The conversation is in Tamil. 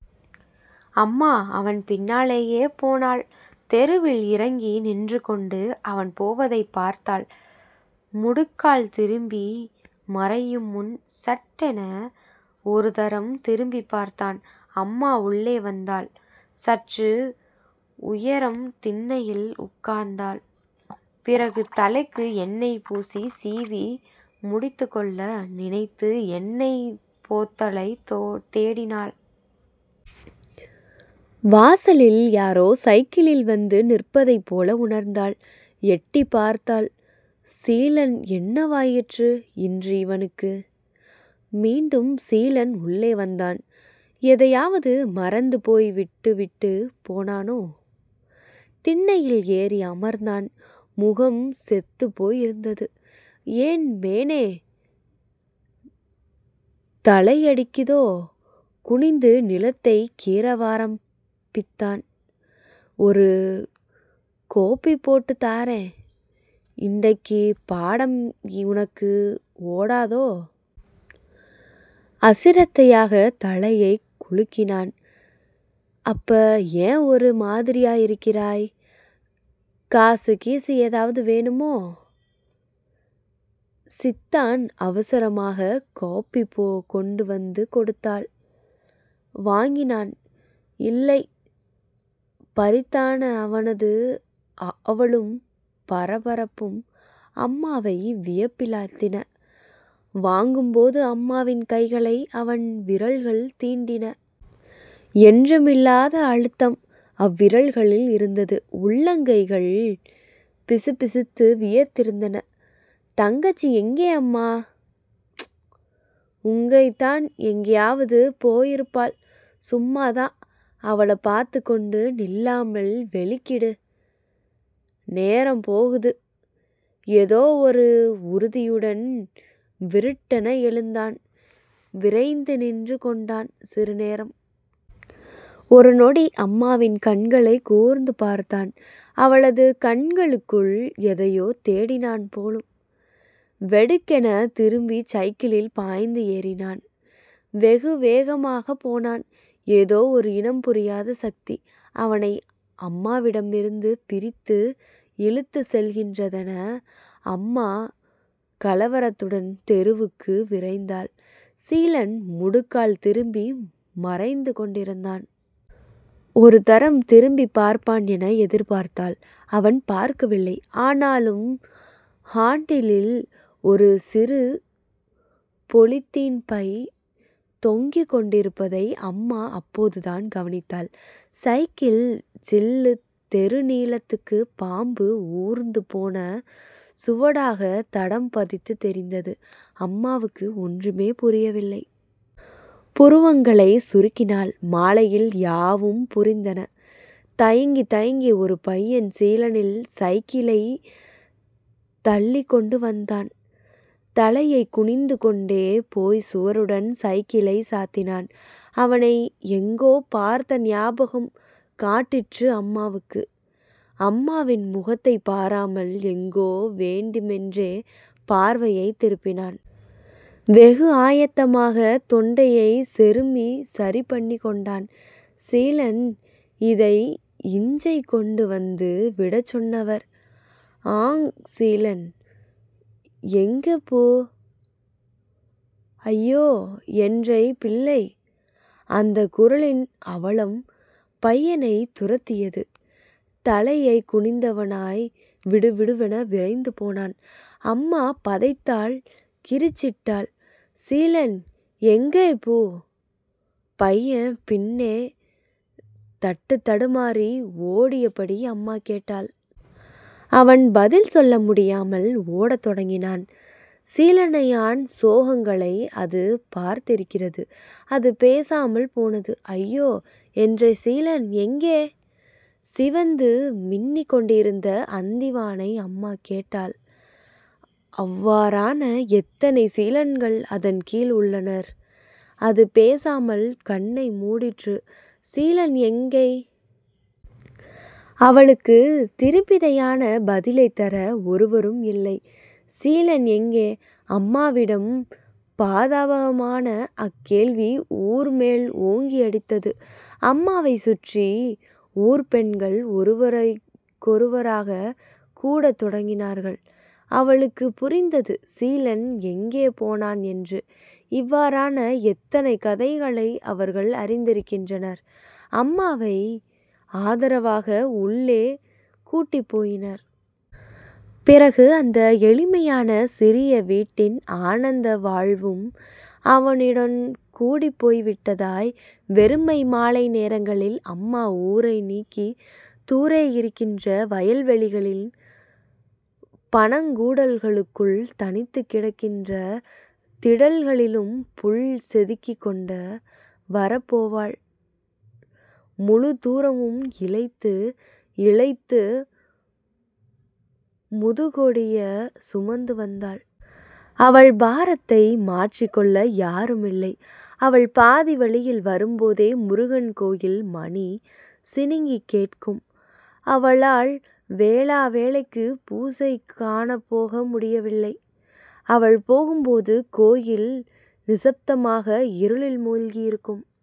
அம்மா அவன் பின்னாலேயே போனாள். தெருவில் இறங்கி நின்றுகொண்டு அவன் போவதைப் பார்த்தாள் முடுக்கால் திரும்பி மறையுமுன் சட் என ஒருதரம் திரும்பிப் பார்த்தான். அம்மா உள்ளே வந்தாள். சற்று நேரம் திண்ணையில் உட்கார்ந்தாள். பிறகு தலைக்கு எண்ணெய் பூசி சீவி முடிந்துகொள்ள நினைத்து எண்ணெய்ப் போத்தலைத் தேடினாள். வாசலில் யாரோ சைக்கிளில் வந்து நிற்பதைப் போல உணர்ந்தாள். எட்டிப்பார்த்தாள். சீலன் என்னவாயிற்று இன்று இவனுக்கு? மீண்டும் சீலன் உள்ளே வந்தான். எதையாவது மறந்து போய் விட்டுவிட்டுப் போனானோ? திண்ணையில் ஏறி அமர்ந்தான். முகம் செத்துப்போய் இருந்தது. ஏன் மேனே தலையிடிக்குதோ குனிந்துநிலத்தை கீறவாரம்பித்தான். இரு கோப்பி போட்டுத் தாறன் இண்டைக்குப் பாடம் உனக்கு ஓடாதோ? அசிரத்தையாகத் தலையைக் குலுக்கினான். அப்ப ஏன் ஒரு மாதிரியாய் இருக்கிறாய்? காச கீசு ஏதாவது வேணுமோ? சித்தான் அவசரமாகக் கோப்பி கொண்டு வந்து கொடுத்தாள். வாங்கினான். இல்லை பறித்தான் அவனது ஆவலும் பரபரப்பும் அம்மாவை வியப்பிலாழ்த்தின. வாங்கும் போது அம்மாவின் கைகளை அவன் விரல்கள் தீண்டின. என்றுமில்லாத அழுத்தம் அவ்விரல்களில் இருந்தது. உள்ளங்கைகள் பிசுபிசுத்து வியர்த்திருந்தன. தங்கச்சி எங்கை அம்மா......? ப்ச்... உங்கை தான் எங்கையாவது போயிருப்பாள் சும்மா தான் அவளைப் பார்த்துக் கொண்டு நில்லாமல் வெளிக்கிடு.... நேரம் போகுது..... ஏதோ ஒரு உறுதியுடன் விருட்டென எழுந்தான். விறைந்து நின்று கொண்டான். சிறு நேரம். ஒரு நொடி அம்மாவின் கண்களைக் கூர்ந்து பார்த்தான். அவளது கண்களுக்குள் எதையோ தேடினான் போலும்! வெடுக்கெனத் திரும்பிச் சைக்களில் பாய்ந்து ஏறினான். வெகுவேகமாகப் போனான். ஏதோ ஒரு இனம்புரியாத சக்தி அவனை அம்மாவிடமிருந்து பிரித்து இழுத்துச் செல்கிறதென.... அம்மா கலவரத்துடன் தெருவுக்கு விரைந்தாள். சீலன் முடுக்கால் திரும்பி மறைந்து கொண்டிருந்தான். ஒரு தரம் திரும்பிப் பார்ப்பான் என எதிர்பார்த்தாள். அவன் பார்க்கவில்லை. ஆனால் ஹாண்டிலில் ஒரு சிறு பொலித்தீன் பை தொங்கிக் கொண்டிருப்பதை அம்மா அப்போதுதான் கவனித்தாள். சைக்கிள் சில்லு தெரு நீளத்துக்கு பாம்பு ஊர்ந்து போன சுவடாகத் தடம் பதித்துத் தெரிந்தது. அம்மாவுக்கு ஒன்றுமே புரியவில்லை. புருவங்களைச் சுருக்கினாள். மாலையில் யாவும் புரிந்தன. தயங்கித் தயங்கி ஒரு பையன் சீலனின் கைக்கிளைத் தள்ளிக் கொண்டு வந்தான். தலையைக் குனிந்து கொண்டே போய்ச் சுவருடன் சைக்கிளைச் சாத்தினான். அவனை எங்கோ பார்த்த ஞாபகம் காட்டிற்று அம்மாவுக்கு. அம்மாவின் முகத்தைப் பாராமல் எங்கோ வேண்டுமென்றே பார்வையைத் திருப்பினான். வெகு ஆயத்தமாக தொண்டையைச் செருமிச் சரிபண்ணிக் கொண்டான். சீலன்.... இதை... இஞ்சை கொண்டு வந்து விடச் சொன்னவர்...ஆங் சீலன் எங்கையப்பு...ஐயோஎன்ரை பிள்ளை... அந்தக் குரலின் அவலம் பையனைத் துரத்தியது. தலையைத் குனிந்தவனாய் விடுவிடென விரைந்து போனான். அம்மா பதைத்தாள் கிரிச்சிட்டாள். சீலன் எங்கையப்பு....பையன் பின்னே தட்டுத்தடுமாறி ஓடியபடி அம்மா கேட்டாள். அவன் பதில் சொல்ல முடியாமல் ஓடத் தொடங்கினான். சீலன்னையான் சோகங்களை அது பார்த்திருக்கிறது அது பேசாமல் போனது. ஐயோ, என்ரை சீலன் எங்கே..சிவந்து மின்னிக் கொண்டிருந்த அந்திவானை அம்மா கேட்டாள். இவ்வாறான எத்தனை சீலன்கள் அதன் கீழ் உள்ளனர். அது பேசாமல் கண்ணை மூடிற்று. சீலன் எங்கை? அவளுக்குத் திருப்பிதயான பதிலைத் தர ஒருவரும் இல்லை. சீலன் எங்கை? அம்மாவின் பாதாபமான அக்கேள்வி ஊர் மேல் ஓங்கி அடித்தது. அம்மாவைச் சுற்றி ஊர்ப்பெண்கள் ஒவ்வொருவராகக் கூடத் தொடங்கினார்கள். அவளுக்குப் புரிந்தது சீலன் எங்கே போனான் என்று இவ்வாறான எத்தனை கதைகளை அவர்கள் அறிந்திருக்கின்றனர். அம்மாவை ஆதரவாக உள்ளே கூட்டிப்போயினர். பிறகு, அந்த எளிமையான சிறிய வீட்டின் ஆனந்தவாழ்வும் அவனுடன் கூடப் போய்விட்டதாய்.... வெறுமை மாலை நேரங்களில் அம்மா ஊரை நீங்கித் தூரே இருக்கின்ற வயல்வெளிகளிலும் பனங்கூடல்களுக்குள் தனித்துக் கிடக்கின்ற திடல்களிலும் புல் செதுக்கிக் கொண்டு வரப் போவாள். முழுத் தூரமும் இளைத்து, இளைத்து முதுகொடியச் சுமந்து வந்தாள். அவள் பாரத்தை மாற்றிக்கொள்ள யாருமில்லை. அவள் பாதி வழியில் வரும்போதே முருகன் கோயில் மணி சிணுங்கிக் கேட்கும். அவளால் வேளா வேளைக்கு பூசை காணப்போக முடியவில்லை. அவள் போகும்போது கோயில் நிசப்தமாக இருளில் மூழ்கி இருக்கும்.